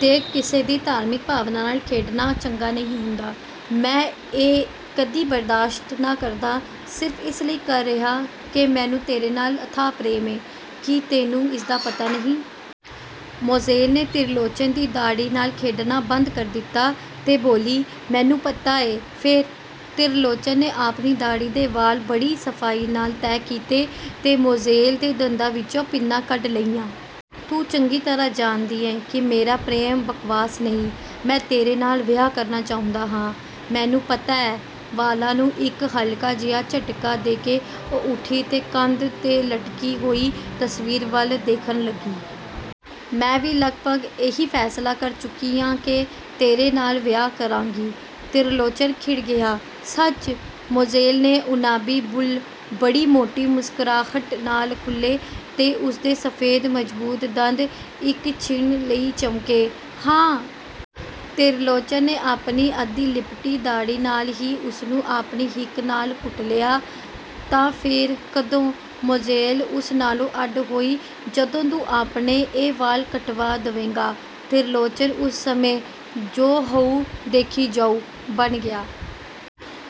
ਦੇਖ, ਕਿਸੇ ਦੀ ਧਾਰਮਿਕ ਭਾਵਨਾ ਨਾਲ ਖੇਡਣਾ ਚੰਗਾ ਨਹੀਂ ਹੁੰਦਾ। ਮੈਂ ਇਹ ਕਦੀ ਬਰਦਾਸ਼ਤ ਨਾ ਕਰਦਾ, ਸਿਰਫ ਇਸ ਲਈ ਕਰ ਰਿਹਾਂ ਕਿ ਮੈਨੂੰ ਤੇਰੇ ਨਾਲ ਅਥਾਹ ਪ੍ਰੇਮ ਏਂ। ਕੀ ਤੈਨੂੰ ਇਸਦਾ ਪਤਾ ਨਹੀਂ? ਮੋਜ਼ੇਲ ਨੇ ਤਿਰਲੋਚਨ ਦੀ ਦਾੜ੍ਹੀ ਨਾਲ ਖੇਡਣਾ ਬੰਦ ਕਰ ਦਿੱਤਾ ਤੇ ਬੋਲੀ, "ਮੈਨੂੰ ਪਤਾ ਏ। " "ਫੇਰ? " ਤਿਰਲੋਚਨ ਨੇ ਆਪਣੀ ਦਾੜ੍ਹੀ ਦੇ ਵਾਲ ਬੜੀ ਸਫ਼ਾਈ ਨਾਲ ਤੈਹ ਕੀਤੇ ਤੇ ਮੋਜ਼ੇਲ ਦੇ ਦੰਦਾਂ ਵਿਚੋਂ ਪਿੰਨਾਂ ਕੱਢ ਲਈਆਂ। "ਤੂੰ ਚੰਗੀ ਤਰ੍ਹਾਂ ਜਾਣਦੀ ਏਂ ਕਿ ਮੇਰਾ ਪ੍ਰੇਮ ਬਕਵਾਸ ਨਹੀਂ। ਮੈਂ ਤੇਰੇ ਨਾਲ ਵਿਆਹ ਕਰਨਾ ਚਾਹੁੰਦਾ ਆਂ। " "ਮੈਨੂੰ ਪਤਾ ਐ। " ਵਾਲਾਂ ਨੂੰ ਇਕ ਹਲਕਾ ਜਿਹਾ ਝਟਕਾ ਦੇ ਕੇ ਉਹ ਉੱਠੀ ਤੇ ਕੰਧ 'ਤੇ ਲਟਕੀ ਹੋਈ ਤਸਵੀਰ ਵੱਲ ਦੇਖਣ ਲੱਗੀ। "ਮੈਂ ਵੀ ਲਗਭਗ ਇਹੀ ਫ਼ੈਸਲਾ ਕਰ ਚੁੱਕੀ ਆਂ ਕਿ ਤੇਰੇ ਨਾਲ ਵਿਆਹ ਕਰਾਂਗੀ। " ਤਿਰਲੋਚਨ ਖਿੜ ਗਿਆ, "ਸੱਚ? " ਮੋਜ਼ੇਲ ਦੇ ਉਨਾਬੀ ਬੁੱਲ੍ਹ ਬੜੀ ਮੋਟੀ ਮੁਸਕਰਾਹਟ ਨਾਲ ਖੁੱਲ੍ਹੇ ਤੇ ਉਸਦੇ ਸਫ਼ੇਦ ਮਜ਼ਬੂਤ ਦੰਦ ਇਕ ਛਿਣ ਲਈ ਚਮਕੇ, "ਹਾਂ। " ਤਿਰਲੋਚਨ ਨੇ ਆਪਣੀ ਅੱਧੀ ਲਿਪਟੀ ਦਾੜ੍ਹੀ ਨਾਲ ਹੀ ਉਸਨੂੰ ਆਪਣੀ ਹਿੱਕ ਨਾਲ ਘੁੱਟ ਲਿਆ, "ਤਾਂ, ਫੇਰ, ਕਦੋਂ? " ਮੋਜ਼ੇਲ ਉਸ ਨਾਲੋਂ ਅੱਡ ਹੋਈ। ਜਦੋਂ ਤੂੰ ਆਪਣੇ ਇਹ ਵਾਲ ਕਟਵਾ ਦਵੇਂਗਾ। " ਤਿਰਲੋਚਨ ਉਸ ਸਮੇਂ 'ਜੋ ਹੋਊ, ਦੇਖੀ ਜਾਊ' ਬਣ ਗਿਆ।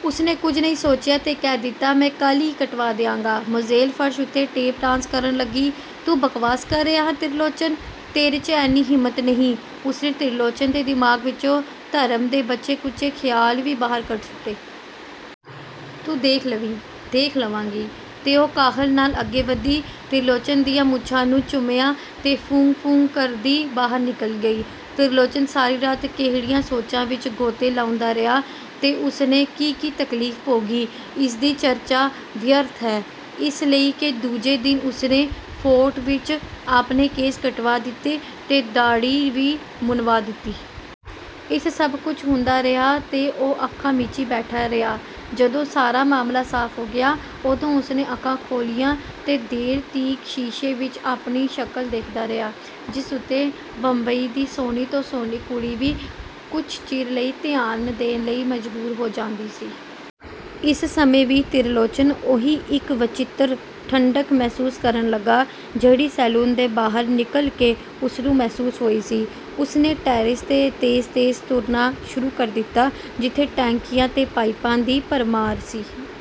ਉਸਨੇ ਕੁਝ ਨਹੀਂ ਸੋਚਿਆ ਤੇ ਕਹਿ ਦਿੱਤਾ, "ਮੈਂ ਕਲ੍ਹ ਈ ਕਟਵਾ ਦਿਆਂਗਾ। " ਮੋਜ਼ੇਲ ਫਰਸ਼ ਉੱਤੇ ਟੇਪ ਡਾਂਸ ਕਰਨ ਲੱਗੀ। "ਤੂੰ ਬਕਵਾਸ ਕਰ ਰਿਹਾ ਤਿਰਲੋਚਨ! ਤੇਰੇ 'ਚ ਐਨੀ ਹਿੰਮਤ ਨਹੀਂ। " ਉਸਨੇ ਤਿਰਲੋਚਨ ਦੇ ਦਿਮਾਗ ਵਿਚੋਂ ਧਰਮ ਦੇ ਬਚੇ-ਖੁਚੇ ਖਿਆਲ ਵੀ ਬਾਹਰ ਕੱਢ ਸੁੱਟੇ। "ਤੂੰ ਦੇਖ ਲਵੀਂ। " "ਦੇਖ ਲਵਾਂਗੀ। " ਤੇ ਉਹ ਕਾਹਲ ਨਾਲ ਅੱਗੇ ਵਧੀ। ਤਿਰਲੋਚਨ ਦੀਆਂ ਮੁੱਛਾਂ ਨੂੰ ਚੁੰਮਿਆਂ ਤੇ 'ਫੂੰ-ਫੂੰ' ਕਰਦੀ ਬਾਹਰ ਨਿਕਲ ਗਈ। ਤਿਰਲੋਚਨ ਸਾਰੀ ਰਾਤ ਕਿਹੜੀਆਂ ਸੋਚਾਂ ਵਿਚ ਗੋਤੇ ਲਾਉਂਦਾ ਰਿਹਾ ਤੇ ਉਸਨੇ ਕੀ-ਕੀ ਤਕਲੀਫ਼ ਭੋਗੀ, ਇਸਦੀ ਚਰਚਾ ਵਿਅਰਥ ਹੈ, ਇਸ ਲਈ ਕਿ ਦੂਜੇ ਦਿਨ ਉਸਨੇ ਫੋਰਟ ਵਿਚ ਆਪਣੇ ਕੇਸ ਕਟਵਾ ਦਿੱਤੇ ਤੇ ਦਾੜ੍ਹੀ ਵੀ ਮੁੰਨਵਾ ਦਿੱਤੀ। ਇਸ ਸਭ ਕੁਛ ਹੁੰਦਾ ਰਿਹਾ ਤੇ ਉਹ ਅੱਖਾਂ ਮੀਚੀ ਬੈਠਾ ਰਿਹਾ। ਜਦੋਂ ਸਾਰਾ ਮਾਮਲਾ ਸਾਫ਼ ਹੋ ਗਿਆ, ਉਦੋਂ ਉਸਨੇ ਅੱਖਾਂ ਖੋਲ੍ਹੀਆਂ ਤੇ ਦੇਰ ਤੀਕ ਸ਼ੀਸ਼ੇ ਵਿਚ ਆਪਣੀ ਸ਼ਕਲ ਦੇਖਦਾ ਰਿਹਾ, ਜਿਸ ਉੱਤੇ ਬੰਬਈ ਦੀ ਸੋਹਣੀ ਤੋਂ ਸੋਹਣੀ ਕੁੜੀ ਵੀ ਕੁਛ ਚਿਰ ਲਈ ਧਿਆਨ ਦੇਣ ਲਈ ਮਜਬੂਰ ਹੋ ਜਾਂਦੀ ਸੀ। ਇਸ ਸਮੇਂ ਵੀ ਤਿਰਲੋਚਨ ਉਹੀ ਇਕ ਵਚਿੱਤਰ ਠੰਢਕ ਮਹਿਸੂਸ ਕਰਨ ਲੱਗਾ, ਜਿਹੜੀ ਸੈਲੂਨ ਦੇ ਬਾਹਰ ਨਿਕਲ ਕੇ ਉਸਨੂੰ ਮਹਿਸੂਸ ਹੋਈ ਸੀ। ਉਸਨੇ ਟੈਰੇਸ 'ਤੇ ਤੇਜ਼-ਤੇਜ਼ ਤੁਰਨਾ ਸ਼ੁਰੂ ਕਰ ਦਿੱਤਾ, ਜਿੱਥੇ ਟੈਂਕੀਆਂ ਤੇ ਪਾਈਪਾਂ ਦੀ ਭਰਮਾਰ ਸੀ।